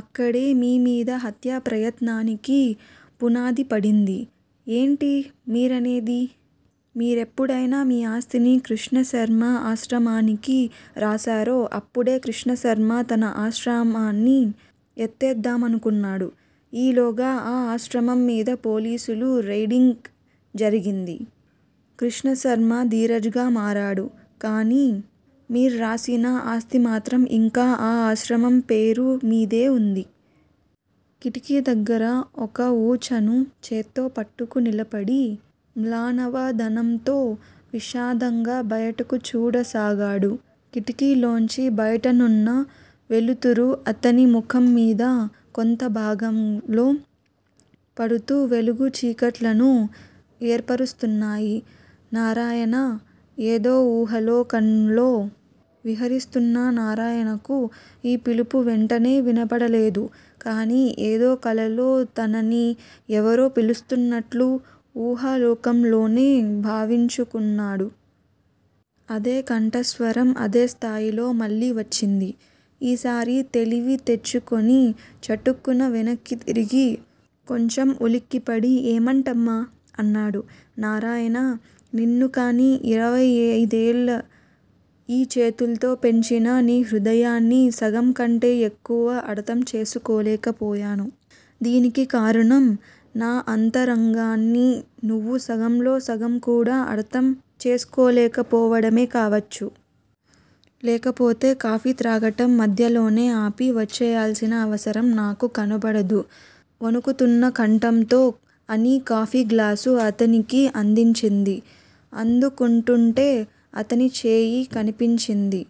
అక్కడే మీ మీద హత్యా ప్రయత్నానికి పునాది పడింది. ఏంటి మీరనేది? మీరెప్పుడైతే మీ ఆస్తిని కృష్ణశర్మ ఆశ్రమానికి రాసారో అప్పడే కృష్ణశర్మ తన ఆశ్రమాన్ని ఎత్తేద్దామనుకున్నాడు. ఈలోగా ఆ ఆశ్రమం మీద పోలీసులు రెయిడింగ్ జరిగింది. కృష్ణశర్మ ధీరజ్ గా మారాడు. కానీ మీర్రాసిన ఆస్తి మాత్రం ఇంకా ఆ ఆశ్రమం పేరు మీదే వుంది. కిటికీ దగ్గర ఒక వూచను చేత్తో పట్టుకు నిలబడి మ్లానవదనంతో విషాదంగా, బయటకు చూడసాగాడు, కిటికీలోంచి బయటనున్న వెలుతురు అతని ముఖంమీద కొంతభాగంలో పడుతూ వెలుగు చీకట్లను ఏర్పరుస్తున్నాయి. నారాయణా! ఏదో ఊహాలోకంలో విహరిస్తున్న నారాయణకు ఈ పిలుపు వెంటనే వినబడలేదు. కాని ఏదో కలలో తనని ఎవరో పిలుస్తున్నట్లు ఊహాలోకంలోనే భావించుకున్నాడు. అదే కంఠస్వరం అదేస్థాయిలో మళ్ళీ వచ్చింది. ఈసారి తెలివి తెచ్చుకుని చటుక్కున వెనక్కి తిరిగి కొంచెం ఉలిక్కిపడి ఏమిటమ్మా? అన్నాడు. నారాయణా! నిన్ను కాని యిరవైయైదేళ్ళు ఈ చేతుల్తో పెంచినా నీ హృదయాన్ని సగంకంటే యెక్కువ అర్థం చేసుకోలేకపోయాను. దీనికి కారణం నా అంతరంగాన్ని నువ్వు సగంలో సగంకూడా అర్థం చేసుకోలేకపోవడమే కావచ్చు. లేకపోతే కాఫీ త్రాగటం మధ్యలోనే ఆపి వచ్చేయల్సిన అవసరం నాకు కనబడదు వణుకుతున్న కంఠంతో అని కాఫీ గ్లాసు అతనికి అందించింది. అందుకుంటూంటే అతని చేయి కంపించింది.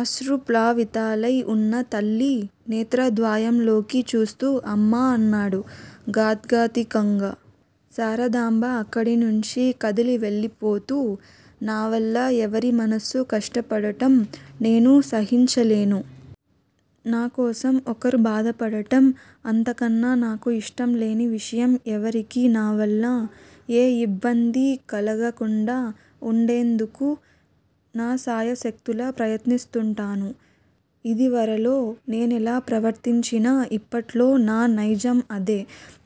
అశ్రుప్లావితాలై వున్న తల్లి నేత్రద్వయంలోకి చూస్తూ అమ్మా! అన్నాడు గాద్గదికంగా. శారదాంబ అక్కడినుంచి కదిలి వెళ్ళిపోతూ నావల్ల యెవరి మనస్సూ కష్టపడటం నేను సహించలేను. నా కోసం ఒకరు బాధపడటం అంతకన్నా నాకు ఇష్టంలేని విషయం ఎవరికీ నావల్ల ఏ యిబ్బందీ కలగకుండా వుండేందుకు నా శాయశక్తులా ప్రయత్నిస్తుంటాను. ఇదివరలో నేనెలా ప్రవర్తించినా ఇప్పట్లో నా నైజం అదే.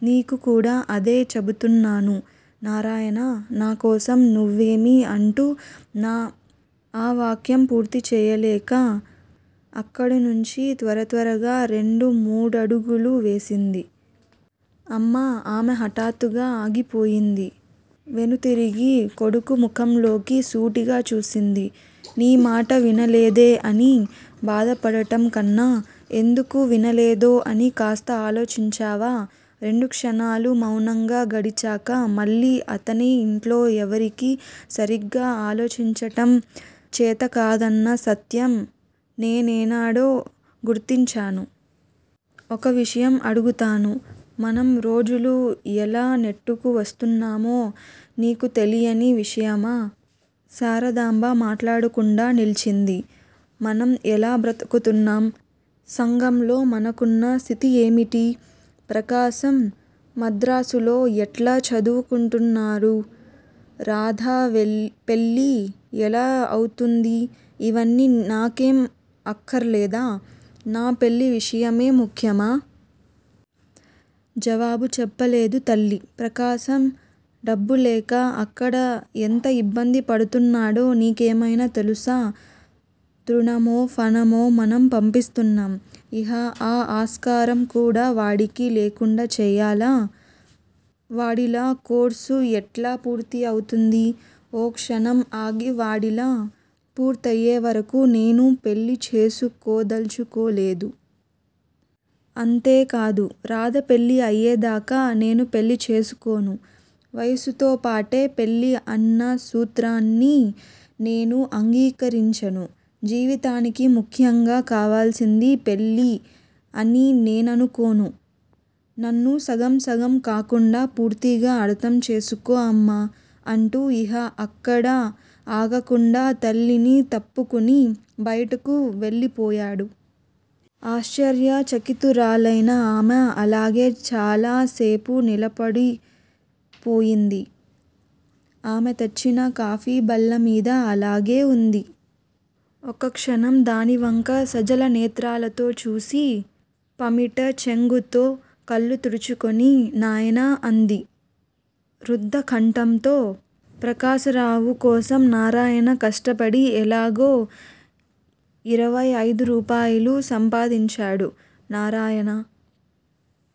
నీకు కూడా అదే చెబుతున్నాను నారాయణా! నా కోసం నువ్వేమీ అంటూ ఆ వాక్యం పూర్తి చేయలేక అక్కడ్నుంచి త్వరత్వరగా రెండు మూడడుగులు వేసింది. అమ్మా! ఆమె హఠాత్తుగా ఆగిపోయింది. వెనుదిగిరి కొడుకు ముఖంలోకి సూటిగా చూసింది. నీ మాట వినలేదే అని బాధపడటం కన్నా, ఎందుకు వినలేదో అని కాస్త ఆలోచించావా? రెండు క్షణాలు మౌనంగా గడిచాక మళ్ళీ అతనే ఇంట్లో ఎవరికీ సరిగ్గా ఆలోచించటం చేతకాదన్న సత్యం నే నేనాడో గుర్తించాను. ఒక్క విషయం అడుగుతాను. మనం రోజులు ఎలా నెట్టుకు వస్తున్నామో నీకు తెలియని విషయమా! శారదాంబ మాట్లాడకుండా నిల్చుంది. మనం ఎలా బ్రతుకుతున్నాం? సంఘంలో మనకున్న స్థితి ఏమిటి? ప్రకాశం మద్రాసులో ఎట్లా చదువుకుంటున్నాడు? రాధ పెళ్ళి ఎలా ఔతుందీ. ఇవన్నీ నాకేం అక్కర్లేదా? నా పెళ్ళి విషయమే ముఖ్యమా? జవాబు చెప్పలేదు తల్లి. ప్రకాశం డబ్బులేక అక్కడ ఎంత ఇబ్బంది పడుతుంనడో నీకేమైనా తెలుసా? తృణమో, ఫణమో మనం పంపిస్తున్నాం. ఇహ- ఆ ఆస్కారం కూడా వాడికి లేకుండా చేయలా? వాడి లా కోర్సు యెట్లా పూర్తి అవుతుంది? ఓ క్షణం ఆగి వాడి లా పూర్తయేవరకూ నేను పెళ్ళిచేసుకోదలచుకోలేదు. అంతేకాదు; రాధ పెళ్ళి అయేదాకా నేను పెళ్ళి చేసుకోను. వయస్సుతోపాటే పెళ్ళి అన్న సూత్రాన్ని నేను అంగీకరించను. జీవితానికి ముఖ్యంగా కావలసింది పెళ్ళి అని నేననుకోను, నన్ను సగం సగం కాకుండా పూర్తిగా అర్థం చేసుకో అమ్మా! అంటూ ఇహ అక్కడ ఆగకుండా తల్లిని తప్పుకుని బయటకు వెళ్ళిపోయాడు. ఆశ్చర్య చకితురాలయిన ఆమె అలాగే చాలా సేపు నిలబడిపోయింది. ఆమె తెచ్చిన కాఫీ బల్లమీద అలాగే వుంది. ఒక్కక్షణం దాని వంక సజల నేత్రాలతో చూసి, పమిట చెంగుతో కళ్ళు తుడుచుకొని నాయనా అంది రుద్దకంఠంతో. ప్రకాశరావు కోసం నారాయణ కష్టపడి ఎలాగో ఇరవై అయిదు రూపాయలు సంపాదించాడు. నారాయణ